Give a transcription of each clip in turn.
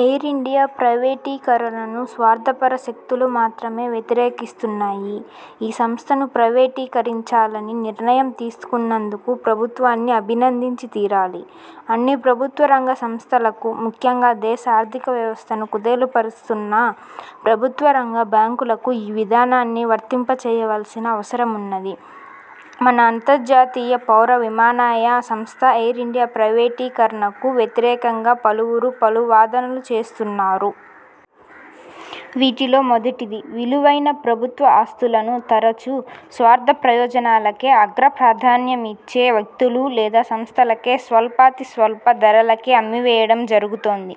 Air India ప్రైవేటీకరణను స్వార్థపర శక్తులు మాత్రమే వ్యతిరేకిస్తున్నాయి. ఈ సంస్థను ప్రైవేటీకరించాలని నిర్ణయం తీసుకున్నందుకు ప్రభుత్వాన్ని అభినందించి తీరాలి. అన్ని ప్రభుత్వరంగ సంస్థలకు, ముఖ్యంగా దేశ ఆర్థికవ్యవస్థను కుదేలుపరుస్తున్న ప్రభుత్వ రంగ బ్యాంకులకు ఈ విధానాన్ని వర్తింపచేయవలసిన అవసరమున్నది. మన అంతర్జాతీయ పౌర విమానయాన సంస్థ ఎయిర్ ఇండియా ప్రైవేటీకరణకు వ్యతిరేకంగా పలువురు పలు వాదనలు చేస్తున్నారు. వీటిలో మొదటిది– విలువైన ప్రభుత్వఆస్తులను తరచు, స్వార్థప్రయోజనాలకే అగ్ర ప్రాధాన్యమిచ్చే వ్యక్తులు లేదా సంస్థలకే స్వల్పాతిస్వల్ప ధరలకే అమ్మివేయడం జరుగుతోంది.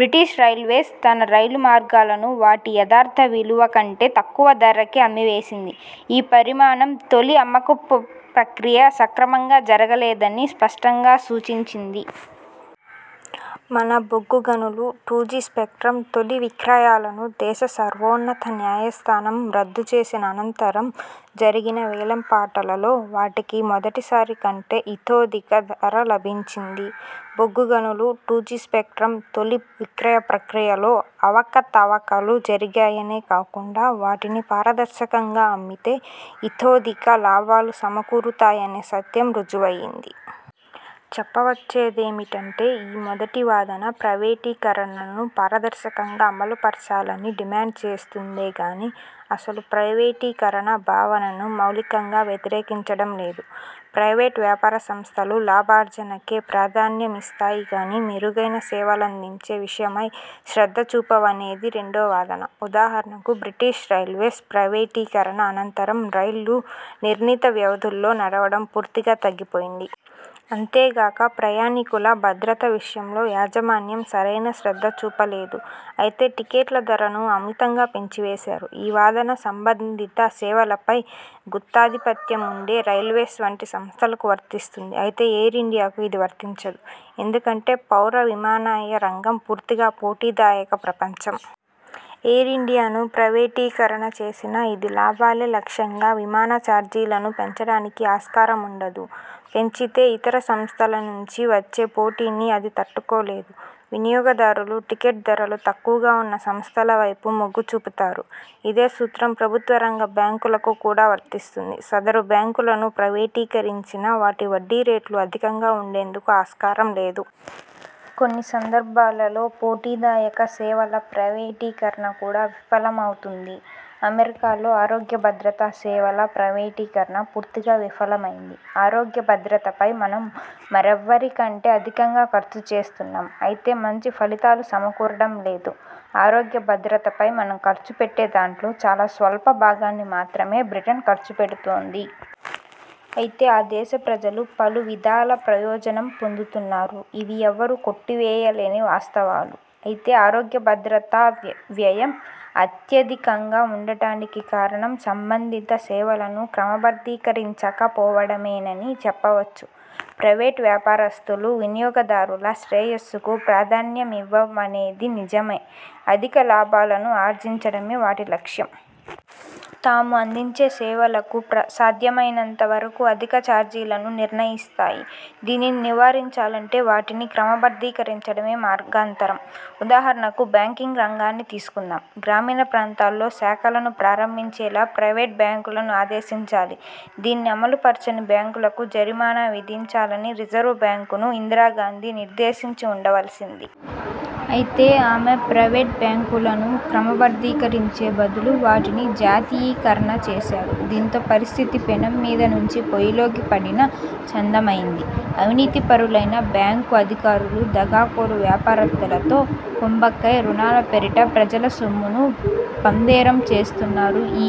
బ్రిటిష్ రైల్వేస్ తన రైలు మార్గాలను వాటి యథార్థ విలువ కంటే తక్కువ ధరకే అమ్మివేసింది. ఈ పరిణామం, తొలి అమ్మకపు ప్రక్రియ సక్రమంగా జరగలేదని స్పష్టంగాసూచించింది. మన బొగ్గు గనులు, టూ జీ స్పెక్ట్రమ్ తొలి విక్రయాలను దేశ సర్వోన్నత న్యాయస్థానం రద్దుచేసిన అనంతరం జరిగిన వేలంపాటల్లో వాటికి మొదటిసారి కంటే ఇతోధిక ధర లభించింది. బొగ్గుగనులు, టూ జీ స్పెక్ట్రమ్ తొలి విక్రయ ప్రక్రియలో అవకతవకలు జరిగాయనే కాకుండా వాటిని పారదర్శకంగా అమ్మితే ఇతోధిక లాభాలు సమకూరుతాయనే సత్యం రుజువయింది. చెప్పవచ్చిందేమిటంటే ఈ మొదటి వాదన ప్రైవేటీకరణను పారదర్శకంగా అమలుపరచాలని డిమాండ్ చేస్తుందే గానీ అసలు ప్రైవేటీకరణ భావనను మౌలికంగా వ్యతిరేకించడం లేదు. ప్రైవేట్ వ్యాపార సంస్థలు లాభార్జనకే ప్రాధాన్యమిస్తాయిగానీ, మెరుగైన సేవలందించే విషయమై శ్రద్ధచూపవనేది రెండో వాదన. ఉదాహరణకు బ్రిటిష్ రైల్వేస్ ప్రైవేటీకరణ అనంతరం రైళ్ళు నిర్ణీతవ్యవధుల్లో నడవడం పూర్తిగా తగ్గిపోయింది. అంతేగాక ప్రయాణికుల భద్రత విషయంలో యాజమాన్యం సరైన శ్రద్ధ చూపలేదు. అయితే టిక్కెట్ల ధరలను అమితంగా పెంచివేశారు. ఈ వాదన, సంబంధిత సేవలపై గుత్తాధిపత్యముండే రైల్వేస్ వంటి సంస్థలకు వర్తిస్తుంది. అయితే ఎయిర్ ఇండియాకు ఇది వర్తించదు. ఎందుకంటే పౌర విమానయాన రంగం పూర్తిగా పోటీదాయక ప్రపంచం. ఎయిర్ ఇండియాను ప్రైవేటీకరణ చేసినా అది లాభాలే లక్ష్యంగా విమానచార్జీలను పెంచడానికి ఆస్కారముండదు. పెంచితే ఇతరసంస్థల నుంచి వచ్చే పోటీని అది తట్టుకోలేదు. వినియోగదారులు టిక్కెట్ ధరలు తక్కువగా ఉన్న సంస్థల వైపు మొగ్గు చూపుతారు. ఇదే సూత్రం ప్రభుత్వరంగ బ్యాంకులకు కూడా వర్తిస్తుంది. సదరు బ్యాంకులను ప్రైవేటీకరించినా వాటి వడ్డీ రేట్లు అధికంగా ఉండేందుకు ఆస్కారం లేదు. కొన్ని సందర్భాలలో పోటీదాయక సేవల ప్రైవేటీకరణ కూడా విఫలమవుతుంది. అమెరికాలో ఆరోగ్యభద్రతా సేవల ప్రైవేటీకరణ పూర్తిగా విఫలమైంది. 'ఆరోగ్య భద్రతపై మనం మరెవ్వరికంటే అధికంగా ఖర్చు చేస్తున్నాము. అయితే మంచి ఫలితాలు సమకూరడం లేదు. ఆరోగ్యభద్రతపై మనం ఖర్చు పెట్టే దాంట్లో చాలా స్వల్ప భాగాన్ని మాత్రమే బ్రిటన్ ఖర్చు పెడుతోంది. అయితే ఆ దేశ ప్రజలు పలు విధాల ప్రయోజనం పొందుతున్నారు. ఇవి ఎవరూ కొట్టివేయలేని వాస్తవాలు. అయితే ఆరోగ్యభద్రతా వ్యయం అత్యధికంగా ఉండడానికి కారణం సంబంధిత సేవలను క్రమబద్ధీకరించక పోవడమేనని చెప్పవచ్చు. ప్రైవేట్ వ్యాపారస్తులు వినియోగదారుల శ్రేయస్సుకు ప్రాధాన్యమివ్వవనేది నిజమే. అధిక లాభాలను ఆర్జించడమే వాటి లక్ష్యం. తాము అందించే సేవలకు సాధ్యమైనంత వరకు అధిక చార్జీలను నిర్ణయిస్తాయి. దీనిని నివారించాలంటే వాటిని క్రమబద్ధీకరించడమే మార్గాంతరం. ఉదాహరణకు బ్యాంకింగ్ రంగాన్ని తీసుకుందాం. గ్రామీణ ప్రాంతాల్లో శాఖలను ప్రారంభించేలా ప్రైవేట్ బ్యాంకులను ఆదేశించాలి, దీన్ని అమలుపరచని బ్యాంకులకు జరిమానా విధించాలని రిజర్వ్ బ్యాంకును ఇందిరాగాంధీ నిర్దేశించి వుండవల్సింది. అయితే ఆమె ప్రైవేట్ బ్యాంకులను క్రమబద్ధీకరించే బదులు వాటిని జాతీయీకరణ చేశారు. దీంతో పరిస్థితి పెనం మీద నుంచి పొయ్యిలోకి పడిన చందమయింది. అవినీతిపరులైన బ్యాంకు అధికారులు, దగాకోరు వ్యాపారవేత్తలతో కుమ్మక్కై రుణాల పేరిట ప్రజల సొమ్మును పందేరం చేస్తున్నారు. ఈ